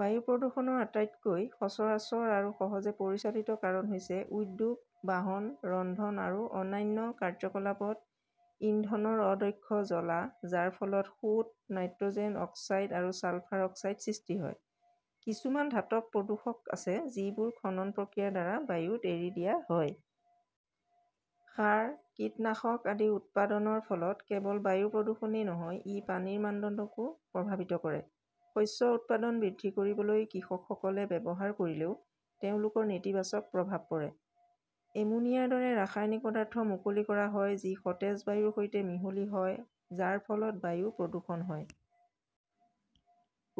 বায়ু প্ৰদূষণৰ আটাইতকৈ সচৰাচৰ আৰু সহজে পৰিচালিত কাৰণ হৈছে উদ্যোগ, বাহন, ৰন্ধন, আৰু অন্যান্য কাৰ্যকলাপত ইন্ধনৰ অদক্ষ জ্বলা যাৰ ফলত সূত, নাইট্ৰজেন অক্সাইড আৰু ছালফাৰ অক্সাইড সৃষ্টি হয়। কিছুমান ধাতৱ প্ৰদূষক আছে যিবোৰ খনন প্ৰক্ৰিয়াৰ দ্বাৰা বায়ুত এৰি দিয়া হয়। সাৰ, কীটনাশক আদিউৎপাদনৰ ফলত কেৱল বায়ু প্ৰদূষণেই নহয়, ই পানীৰ মানদণ্ডকো প্ৰভাৱিত কৰে। শস্য উৎপাদন বৃদ্ধিকৰিবলৈ কৃষকসকলে ব্যৱহাৰ কৰিলেও তেওঁলোকৰ নেতিবাচক প্ৰভাৱ পৰে। এমোনিয়াৰ দৰে ৰাসায়নিক পদাৰ্থ মুকলি কৰা হয় যি সতেজ বায়ুৰ সৈতে মিহলি হয় যাৰ ফলত বায়ু প্ৰদূষণ হয়।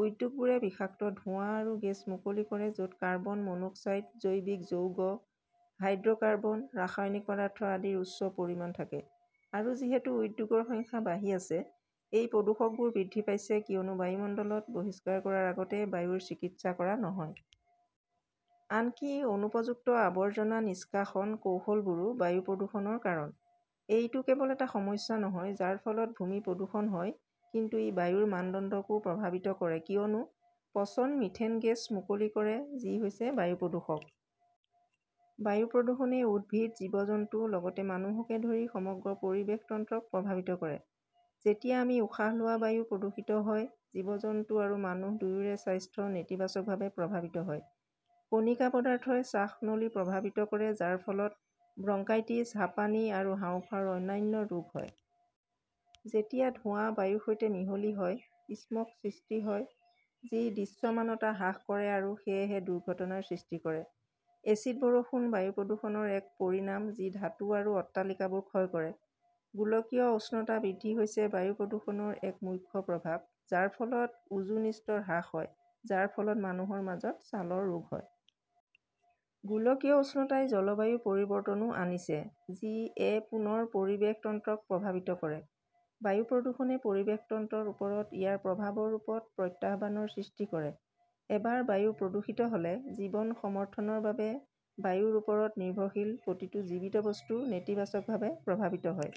উদ্যোগবোৰে বিষাক্ত ধোঁৱা আৰু গেছ মুকলি কৰে য'ত কাৰ্বন মনোক্সাইড, জৈৱিক যৌগ, হাইড্ৰ'কাৰ্বন, ৰাসায়নিক পদাৰ্থ আদিৰ উচ্চ পৰিমাণ থাকে। আৰু যিহেতু উদ্যোগৰ সংখ্যা বাঢ়ি আছে, এই প্ৰদূষকবোৰ বৃদ্ধি পাইছে কিয়নো বায়ুমণ্ডলত বহিষ্কাৰ কৰাৰ আগতে বায়ুৰ চিকিৎসা কৰা নহয়। আনকি অনুপযুক্ত আৱৰ্জনা নিষ্কাশন কৌশলবোৰো বায়ু প্ৰদূষণৰ কাৰণ। এইটো কেৱল এটা সমস্যা নহয় যাৰ ফলত ভূমি প্ৰদূষণ হয় কিন্তু ই বায়ুৰ মানদণ্ডকো প্ৰভাৱিত কৰে কিয়নো পচন মিথেন গেছ মুকলি কৰে যি হৈছে বায়ু প্ৰদূষক। বায়ু প্ৰদূষণে উদ্ভিদ, জীৱ-জন্তু, লগতে মানুহকে ধৰি সমগ্ৰ পৰিৱেশ তন্ত্ৰক প্ৰভাৱিত কৰে। যেতিয়া আমি উশাহ লোৱা বায়ু প্ৰদূষিত হয়, জীৱ-জন্তু আৰু মানুহ দুয়োৰে স্বাস্থ্য নেতিবাচকভাৱে প্ৰভাৱিত হয়। কণিকা পদাৰ্থই শ্বাসনলীপ্ৰভাৱিত কৰে যাৰ ফলত ব্ৰংকাইটিছ, হাপানি, আৰু হাঁওফাঁওৰ অন্যান্য ৰোগ হয়। যেতিয়া ধোঁৱা বায়ুৰ সৈতে মিহলি হয়, স্মগ সৃষ্টি হয়, যি দৃশ্যমানতা হ্ৰাস কৰে আৰু সেয়েহে দুৰ্ঘটনাৰ সৃষ্টি কৰে। এচিড বৰষুণ বায়ু প্ৰদূষণৰ এক পৰিণাম যি ধাতু আৰু অট্টালিকাবোৰ ক্ষয় কৰে। গোলকীয় উষ্ণতা বৃদ্ধি হৈছে বায়ু প্ৰদূষণৰ এক মুখ্য প্ৰভাৱ, যাৰ ফলত ওজোন স্তৰ হ্ৰাস হয়, যাৰ ফলত মানুহৰ মাজত ছালৰ ৰোগ হয়। গোলকীয় উষ্ণতাই জলবায়ু পৰিৱৰ্তনও আনিছে যি য়ে পুনৰ পৰিৱেশ তন্ত্ৰক প্ৰভাৱিত কৰে। বায়ু প্ৰদূষণে পৰিৱেশ তন্ত্ৰৰ ওপৰত ইয়াৰ প্ৰভাৱৰ ৰূপত প্ৰত্যাহ্বানৰ সৃষ্টি কৰে। এবাৰ বায়ু প্ৰদূষিত হ'লে, জীৱন সমৰ্থনৰ বাবে বায়ুৰ ওপৰত নিৰ্ভৰশীল প্ৰতিটো জীৱিত বস্তু নেতিবাচকভাৱে প্ৰভাৱিত হয়।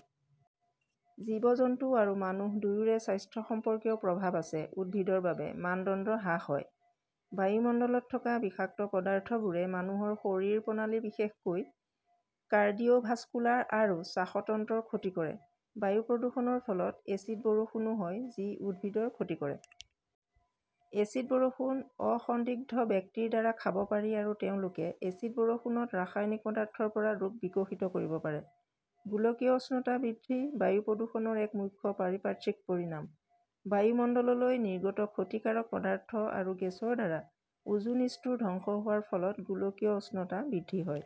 জীৱ-জন্তু আৰু মানুহ দুয়োৰে স্বাস্থ্যসম্পৰ্কীয় প্ৰভাৱ আছে, উদ্ভিদৰ বাবে, মানদণ্ড হ্ৰাস হয়। বায়ুমণ্ডলত থকা বিষাক্ত পদাৰ্থবোৰে মানুহৰ শৰীৰ প্ৰণালীবিশেষকৈ কাৰ্ডিওভাস্কুলাৰ আৰু শ্বাসতন্ত্ৰৰ ক্ষতি কৰে। বায়ু প্ৰদূষণৰ ফলত এচিড বৰষুণো হয় যি উদ্ভিদৰ ক্ষতি কৰে। এচিড বৰষুণ অসন্দিগ্ধ ব্যক্তিৰ দ্বাৰা খাব পাৰি আৰু তেওঁলোকে এচিড বৰষুণত ৰাসায়নিক পদাৰ্থৰ পৰা ৰোগ বিকশিত কৰিব পাৰে। গোলকীয় উষ্ণতা বৃদ্ধি বায়ু প্ৰদূষণৰ এক মুখ্য পাৰিপাৰ্শ্বিক পৰিণাম। বায়ুমণ্ডললৈ নিৰ্গত ক্ষতিকাৰক পদাৰ্থ আৰু গেছৰ দ্বাৰা ওজোন স্তৰ ধ্বংস হোৱাৰ ফলত গোলকীয় উষ্ণতা বৃদ্ধি হয়।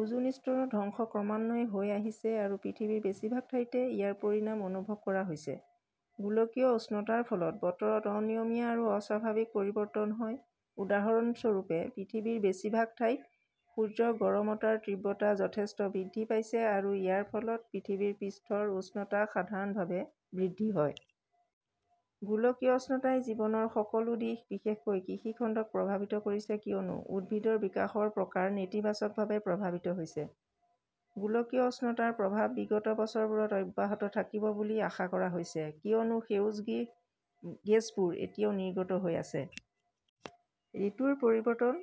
ওজোন স্তৰৰ ধ্বংস ক্ৰমান্বয়ে হৈ আহিছে আৰু পৃথিৱীৰ বেছিভাগ ঠাইতে ইয়াৰ পৰিণাম অনুভৱ কৰা হৈছে। গোলকীয় উষ্ণতাৰ ফলত বতৰত অনিয়মীয়া আৰু অস্বাভাৱিক পৰিৱৰ্তন হয় উদাহৰণ স্বৰূপে পৃথিৱীৰ বেছিভাগ ঠাইত সূৰ্যৰ গৰমতাৰ তীব্ৰতা যথেষ্ট বৃদ্ধি পাইছে আৰু ইয়াৰ ফলত পৃথিৱীৰ পৃষ্ঠৰ উষ্ণতা সাধাৰণভাৱে বৃদ্ধি হয়। গোলকীয় উষ্ণতাই জীৱনৰ সকলো দিশ, বিশেষকৈ কৃষি খণ্ডক প্ৰভাৱিত কৰিছে কিয়নো উদ্ভিদৰ বিকাশৰ প্ৰকাৰ নেতিবাচকভাৱে প্ৰভাৱিত হৈছে। গোলকীয় উষ্ণতাৰ প্ৰভাৱ বিগত বছৰবোৰত অব্যাহত থাকিব বুলি আশা কৰা হৈছে কিয়নো সেউজগৃহ গেছবোৰ এতিয়াও নিৰ্গত হৈ আছে। ঋতুৰ পৰিৱৰ্তন,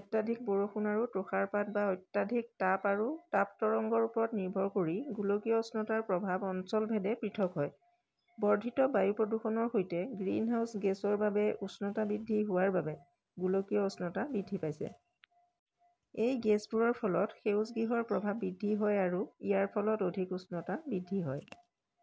অত্যাধিক বৰষুণ আৰু তুষাৰপাত বা অত্যাধিক তাপ আৰু তাপ তৰংগৰ ওপৰত নিৰ্ভৰ কৰি গোলকীয় উষ্ণতাৰ প্ৰভাৱ অঞ্চল ভেদে পৃথক হয়। বৰ্ধিত বায়ু প্ৰদূষণৰ সৈতে, গ্ৰীণহাউচ গেছৰ বাবে উষ্ণতা বৃদ্ধি হোৱাৰ বাবে গোলকীয় উষ্ণতা বৃদ্ধি পাইছে। এই গেছবোৰৰ ফলত সেউজগৃহৰ প্ৰভাৱ বৃদ্ধি হয় আৰু ইয়াৰ ফলত অধিক উষ্ণতা বৃদ্ধি হয়।